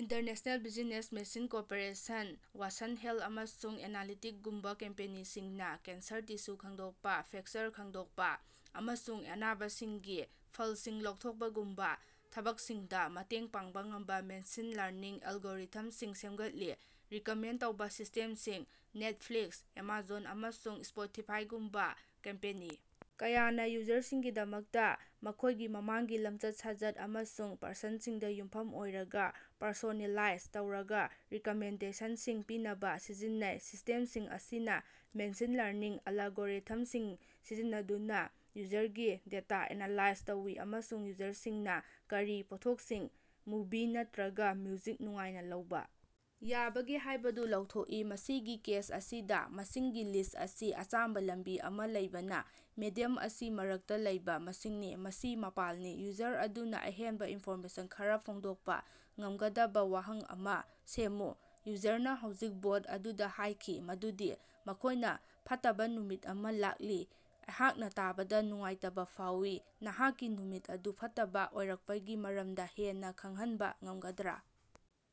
International business machine corporation Watson health ꯑꯃꯁꯨꯡ ꯑꯦꯅꯂꯤꯇꯤꯛꯒꯨꯝꯕ ꯀꯝꯄꯦꯅꯤꯁꯤꯡꯅꯥ cancer tissue ꯈꯪꯗꯣꯛꯄꯥ, ꯐ꯭ꯔꯦꯀꯆꯔ ꯈꯪꯗꯣꯛꯄꯥ ꯑꯃꯁꯨꯡ ꯑꯅꯥꯕꯁꯤꯡꯒꯤ ꯐꯂꯁꯤꯡ ꯂꯥꯎꯊꯣꯛꯄꯒꯨꯝꯕꯥ ꯊꯕꯛꯁꯤꯡꯗꯥ ꯃꯇꯦꯡ ꯄꯥꯡꯕ ꯉꯝꯕ ꯃꯦꯁꯤꯟ ꯂꯔꯅꯤꯡ ꯑꯦꯂꯒꯣꯔꯤꯊꯝꯁꯤꯡ ꯁꯦꯝꯒꯠꯂꯤ꯫ꯔꯤꯀꯃꯦꯟꯠ ꯇꯧꯕ ꯁꯤꯁ꯭ꯇꯦꯝꯁꯤꯡ ꯅꯦꯠꯐ꯭ꯂꯤꯛꯁ, ꯑꯦꯃꯥꯖꯣꯟ, ꯑꯃꯁꯨꯡ ꯁ꯭ꯄꯣꯇꯤꯐꯥꯏꯒꯨꯝꯕ ꯀꯝꯄꯦꯅꯤ ꯀꯌꯥꯅꯥ ꯌꯨꯖꯔꯁꯤꯡꯒꯤꯗꯃꯛꯇꯥ ꯃꯈꯣꯏꯒꯤ ꯃꯃꯥꯡꯒꯤ ꯂꯝꯆꯠ-ꯁꯥꯖꯠ ꯑꯃꯁꯨꯡ ꯄ꯭ꯔꯁꯟꯁꯤꯡꯗꯥ ꯌꯨꯝꯐꯝ ꯑꯣꯏꯔꯒꯥ ꯄꯔꯁꯣꯅꯦꯂꯥꯏꯖ ꯇꯧꯔꯕꯥ ꯔꯤꯀꯃꯦꯟꯗꯦꯁꯟꯁꯤꯡ ꯄꯤꯅꯕꯥ ꯁꯤꯖꯤꯟꯅꯩ꯫ ꯁꯤꯁ꯭ꯇꯦꯝꯁꯤꯡ ꯑꯁꯤꯅꯥ ꯃꯦꯁꯤꯟ ꯂꯔꯅꯤꯡ ꯑꯦꯂꯒꯣꯔꯤꯊꯝꯁꯤꯡ ꯁꯤꯖꯤꯟꯅꯗꯨꯅꯥ ꯌꯨꯖꯔꯒꯤ ꯗꯦꯇꯥ ꯑꯦꯅꯥꯂꯥꯏꯖ ꯇꯧꯏ ꯑꯃꯁꯨꯡ ꯌꯨꯖꯔꯁꯤꯡꯅꯥ ꯀꯔꯤ ꯄꯣꯠꯊꯣꯛꯁꯤꯡ, ꯃꯨꯚꯤ ꯅꯠꯇ꯭ꯔꯒꯥ ꯃ꯭ꯌꯨꯖꯤꯛ ꯅꯨꯡꯉꯥꯏꯅ ꯂꯧꯕ ꯌꯥꯕꯒꯦ ꯍꯥꯏꯕꯗꯨ ꯂꯥꯎꯊꯣꯛꯏ꯫ ꯃꯁꯤꯒꯤ ꯀꯦꯁ ꯑꯁꯤꯗꯥ, ꯃꯁꯤꯡꯒꯤ ꯂꯤꯁ꯭ꯠ ꯑꯁꯤ ꯑꯆꯝꯕꯥ ꯂꯝꯕꯤ ꯑꯃꯥ ꯂꯩꯕꯅꯥ, ꯃꯦꯗꯤꯌꯝ ꯑꯁꯤ ꯃꯔꯛꯇꯥ ꯂꯩꯕ ꯃꯁꯤꯡꯅꯤ, ꯃꯁꯤ ꯃꯄꯥꯜꯅꯤ꯫ꯌꯨꯖꯔ ꯑꯗꯨꯅꯥ ꯑꯍꯦꯟꯕꯥ ꯏꯟꯐꯣꯔꯃꯦꯁꯟ ꯈꯔꯥ ꯐꯣꯡꯗꯣꯛꯄꯥ ꯉꯝꯒꯗꯕꯥ ꯋꯥꯍꯪ ꯑꯃꯥ ꯁꯦꯝꯃꯨ꯫ ꯌꯨꯖꯔꯅꯥ ꯍꯧꯖꯤꯛ ꯕꯣꯠ ꯑꯗꯨꯗꯥ ꯍꯥꯏꯈꯤ ꯃꯗꯨꯗꯤ ꯃꯈꯣꯏꯅꯥ ꯐꯠꯇꯕꯥ ꯅꯨꯃꯤꯠ ꯑꯃꯥ ꯂꯥꯛꯂꯤ꯫ ꯑꯩꯍꯥꯛꯅꯥ ꯇꯥꯕꯗꯥ ꯅꯨꯡꯉꯥꯏꯇꯕꯥ ꯐꯥꯎꯏ, ꯅꯍꯥꯛꯀꯤ ꯅꯨꯃꯤꯠ ꯑꯗꯨ ꯐꯠꯇꯕꯥ ꯑꯣꯏꯔꯛꯄꯒꯤ ꯃꯔꯝꯗꯥ ꯍꯦꯟꯅꯥ ꯈꯪꯍꯟꯕꯥ ꯉꯝꯒꯗ꯭ꯔꯥ?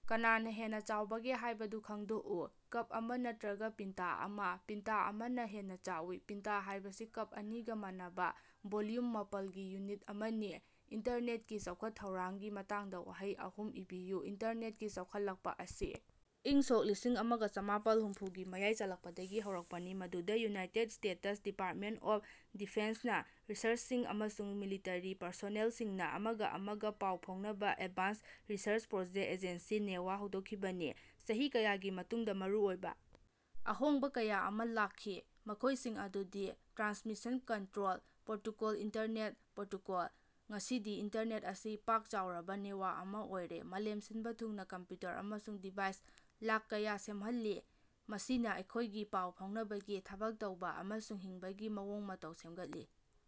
ꯀꯅꯥꯅꯥ ꯍꯦꯟꯅꯥ ꯆꯥꯎꯕꯒꯦ ꯍꯥꯏꯕꯗꯨ ꯈꯪꯗꯣꯛꯎ꯫ ꯀꯞ ꯑꯃꯥ ꯅꯠꯇ꯭ꯔꯒꯥ ꯄꯤꯟꯇ ꯑꯃꯥ? ꯄꯤꯟꯇ ꯑꯃꯅꯥ ꯍꯦꯟꯅꯥ ꯆꯥꯎꯏ꯫ ꯄꯤꯟꯇ ꯍꯥꯏꯕꯁꯤ ꯀꯞ ꯑꯅꯤꯒꯥ ꯃꯥꯟꯅꯕꯥ ꯚꯣꯜꯌꯨꯝ ꯃꯥꯄꯜꯒꯤ ꯌꯨꯅꯤꯠ ꯑꯃꯅꯤ꯫ ꯏꯟꯇꯔꯅꯦꯠꯀꯤ ꯆꯥꯎꯈꯠ ꯊꯧꯔꯥꯡꯒꯤ ꯃꯇꯥꯡꯗꯥ ꯋꯥꯍꯩ ꯑꯍꯨꯝ ꯏꯕꯤꯌꯨ꯫ ꯏꯟꯇꯔꯅꯦꯠꯀꯤ ꯆꯥꯎꯈꯠꯂꯛꯄꯥ ꯑꯁꯤ ꯏꯪ ꯁꯣꯛ ꯂꯤꯁꯤꯡ ꯑꯃꯥ ꯆꯥꯃꯄꯥꯜ ꯍꯨꯝꯐꯨꯒꯤ ꯃꯌꯥꯏ ꯆꯜꯂꯛꯄꯗꯒꯤ ꯍꯧꯔꯛꯄꯅꯤ, ꯃꯗꯨꯗꯥ ꯌꯨꯅꯥꯏꯇꯦꯗ ꯁ꯭ꯇꯦꯇꯁ ꯗꯤꯄꯥꯔꯇꯃꯦꯟꯠ ꯑꯣꯐ ꯗꯤꯐꯦꯟꯁꯅꯥ ꯔꯤꯁꯔꯆꯔꯁꯤꯡ ꯑꯃꯁꯨꯡ ꯃꯤꯂꯤꯇꯔꯤ ꯄꯔꯁꯣꯅꯦꯜꯁꯤꯡꯅꯥ ꯑꯃꯒꯥ ꯑꯃꯒꯥ ꯄꯥꯎ ꯐꯥꯎꯅꯕꯥ Advanced Research Project Agency Network ꯍꯧꯗꯣꯛꯈꯤꯕꯅꯤ꯫ ꯆꯍꯤ ꯀꯌꯥꯒꯤ ꯃꯇꯨꯡꯗꯥ ꯃꯔꯨꯑꯣꯏꯕ ꯑꯍꯣꯡꯕꯥ ꯀꯌꯥ ꯑꯃꯥ ꯂꯥꯛꯈꯤ, ꯃꯈꯣꯏꯁꯤꯡ ꯑꯗꯨꯗꯤ Transmission Control Protocol Internet Protocol. ꯉꯁꯤꯗꯤ ꯏꯟꯇꯔꯅꯦꯠ ꯑꯁꯤ ꯄꯥꯛ ꯆꯥꯎꯔꯕꯥ ꯅꯦꯇꯋꯥꯔꯛ ꯑꯃꯥ ꯑꯣꯏꯔꯦ, ꯃꯥꯂꯦꯝ ꯁꯤꯟꯕꯥ ꯊꯨꯡꯅꯥ ꯀꯝꯞꯌꯨꯇꯔ ꯑꯃꯁꯨꯡ ꯗꯤꯚꯥꯏꯁ ꯂꯥꯛ ꯀꯌꯥ ꯁꯝꯅꯍꯜꯂꯤ, ꯃꯁꯤꯅꯥ ꯑꯩꯈꯣꯌꯒꯤ ꯄꯥꯎ ꯐꯥꯎꯅꯕꯒꯤ, ꯊꯕꯛ ꯇꯧꯕ ꯑꯃꯁꯨꯡ ꯍꯤꯡꯕꯒꯤ ꯃꯑꯣꯡ ꯃꯇꯧ ꯁꯦꯝꯒꯠꯂꯤ꯫